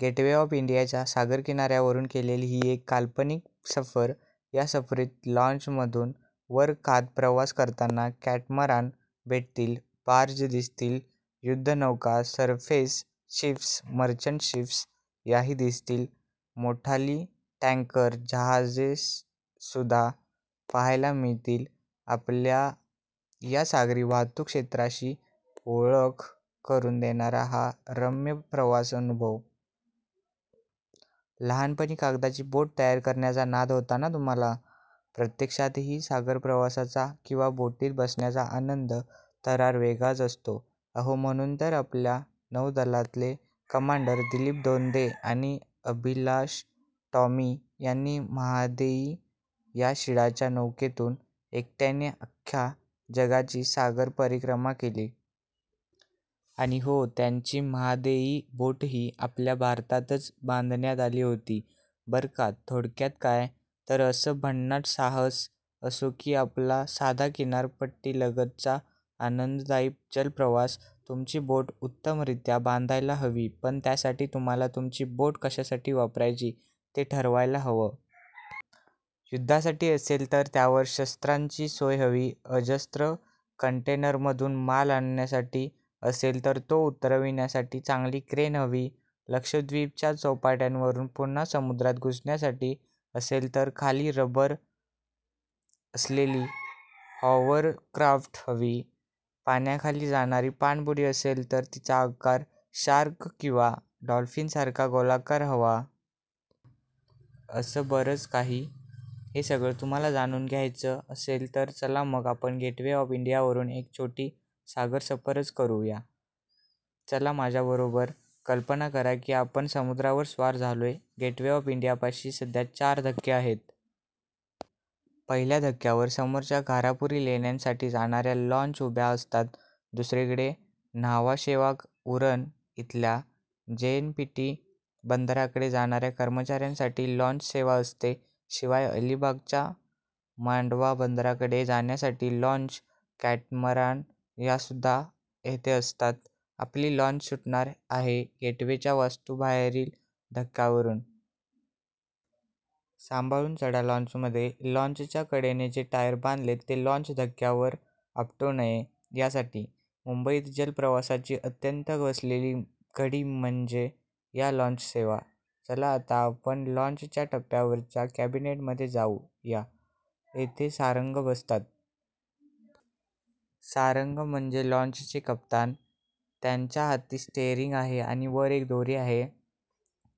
Gateway of इंडियाच्या सागरकिनाऱ्यावरून केलेली ही एक काल्पनिक सफर... या सफरीत लाँचमधून वर खात प्रवास करताना कॅटमरान भेटतील, बार्ज दिसतील, युद्धनौका, सरफेस शिप्स, मर्चंट शिप्स याही दिसतील. मोठाली टँकर जहाजेसुद्धा पाहायला मिळतील... आपल्या या सागरी वाहतूक क्षेत्राशी ओळख करून देणारा हा रम्य प्रवासानुभव! लहानपणी कागदाची बोट तयार करण्याचा नाद होता ना तुम्हाला? प्रत्यक्षातही सागरप्रवासाचा किंवा बोटीत बसण्याचा आनंद, थरार वेगळाच असतो. अहो, म्हणून तर आपल्या नौदलातले कमांडर दिलीप दोंदे आणि अभिलाष टॉमी यांनी म्हादेई या शिडाच्या नौकेतून एकट्याने अख्ख्या जगाची सागरपरिक्रमा केली. आणि हो, त्यांची म्हादेई बोटही आपल्या भारतातच बांधण्यात आली होती, बरं का. थोडक्यात काय, तर असं भन्नाट साहस असो की आपला साधा किनारपट्टीलगतचा आनंददायी जलप्रवास, तुमची बोट उत्तमरीत्या बांधायला हवी. पण त्यासाठी तुम्हाला तुमची बोट कशासाठी वापरायची, ते ठरवायला हवं. युद्धासाठी असेल, तर त्यावर शस्त्रांची सोय हवी, अजस्त्र कंटेनरमधून माल आणण्यासाठी असेल, तर तो उतरविण्यासाठी चांगली क्रेन हवी, लक्षद्वीपच्या चौपाट्यांवरून पुन्हा समुद्रात घुसण्यासाठी असेल, तर खाली रबर असलेली हॉवरक्राफ्ट हवी, पाण्याखाली जाणारी पाणबुडी असेल, तर तिचा आकार शार्क किंवा डॉल्फिनसारखा गोलाकार हवा... असं बरंच काही. हे सगळं तुम्हाला जाणून घ्यायचं असेल, तर चला मग आपण गेटवे ऑफ इंडियावरून एक छोटी सागरसफरच करू या. चला माझ्याबरोबर... कल्पना करा की आपण समुद्रावर स्वार झालोय. गेटवे ऑफ इंडियापाशी सध्या चार धक्के आहेत. पहिल्या धक्क्यावर समोरच्या घारापुरी लेण्यांसाठी जाणाऱ्या लाँच उभ्या असतात, दुसरीकडे न्हावाशेवा-उरण इथल्या जेएनपीटी बंदराकडे जाणाऱ्या कर्मचाऱ्यांसाठी लाँचसेवा असते. शिवाय अलिबागच्या मांडवा बंदराकडे जाण्यासाठी लाँच, कॅटमरान यासुद्धा इथे असतात. आपली लाँच सुटणार आहे गेटवेच्या वास्तूबाहेरील धक्क्यावरून. 'सांभाळून चढा लाँचमध्ये.' लाँचच्या कडेने जे टायर बांधलेत, ते लाँच धक्क्यावर आपटू नये, यासाठी. मुंबईत जलप्रवासाची अत्यंत बसलेली घडी म्हणजे या लाँचसेवा. चला, आता आपण लाँचच्या टपावरच्या केबिनमध्ये जाऊ या. इथे सारंग बसतात. सारंग म्हणजे लाँचचे कप्तान. त्यांच्या हाती स्टिअरिंग आहे आणि वर एक दोरी आहे,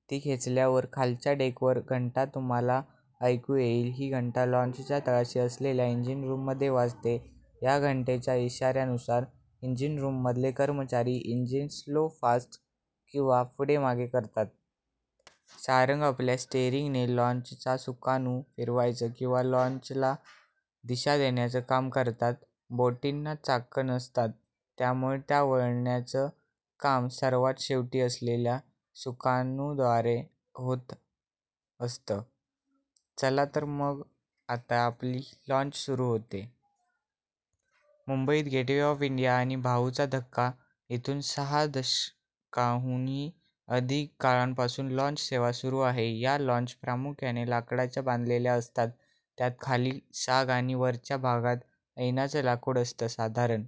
ती खेचल्यावर खालच्या डेकवर घंटा तुम्हाला ऐकू येईल. ही घंटा लाँचच्या तळाशी असलेल्या इंजिनरुममध्ये वाजते. या घंटेच्या इशार्यानुसार इंजिनरुममधले कर्मचारी इंजिन स्लो-फास्ट किंवा पुढे-मागे करतात. सारंग आपल्या स्टिअरिंगने लाँचचा सुकाणू फिरवायचं किंवा लाँचला दिशा देण्याचं काम करतात. बोटींना चाकं नसतात, त्यामुळे त्या वळवण्याचं काम सर्वात शेवटी असलेल्या सुकाणूद्वारे होत असतं. चला तर मग आता आपली लाँच सुरू होतेय. मुंबईत गेटवे ऑफ इंडिया आणि भाऊचा धक्का इथून सहा दशकांहूनही अधिक काळापासून लाँचसेवा सुरू आहे. या लाँच प्रामुख्याने लाकडाच्या बांधलेल्या असतात. त्यात खाली साग आणि वरच्या भागात ऐनाचं लाकूड असतं. साधारण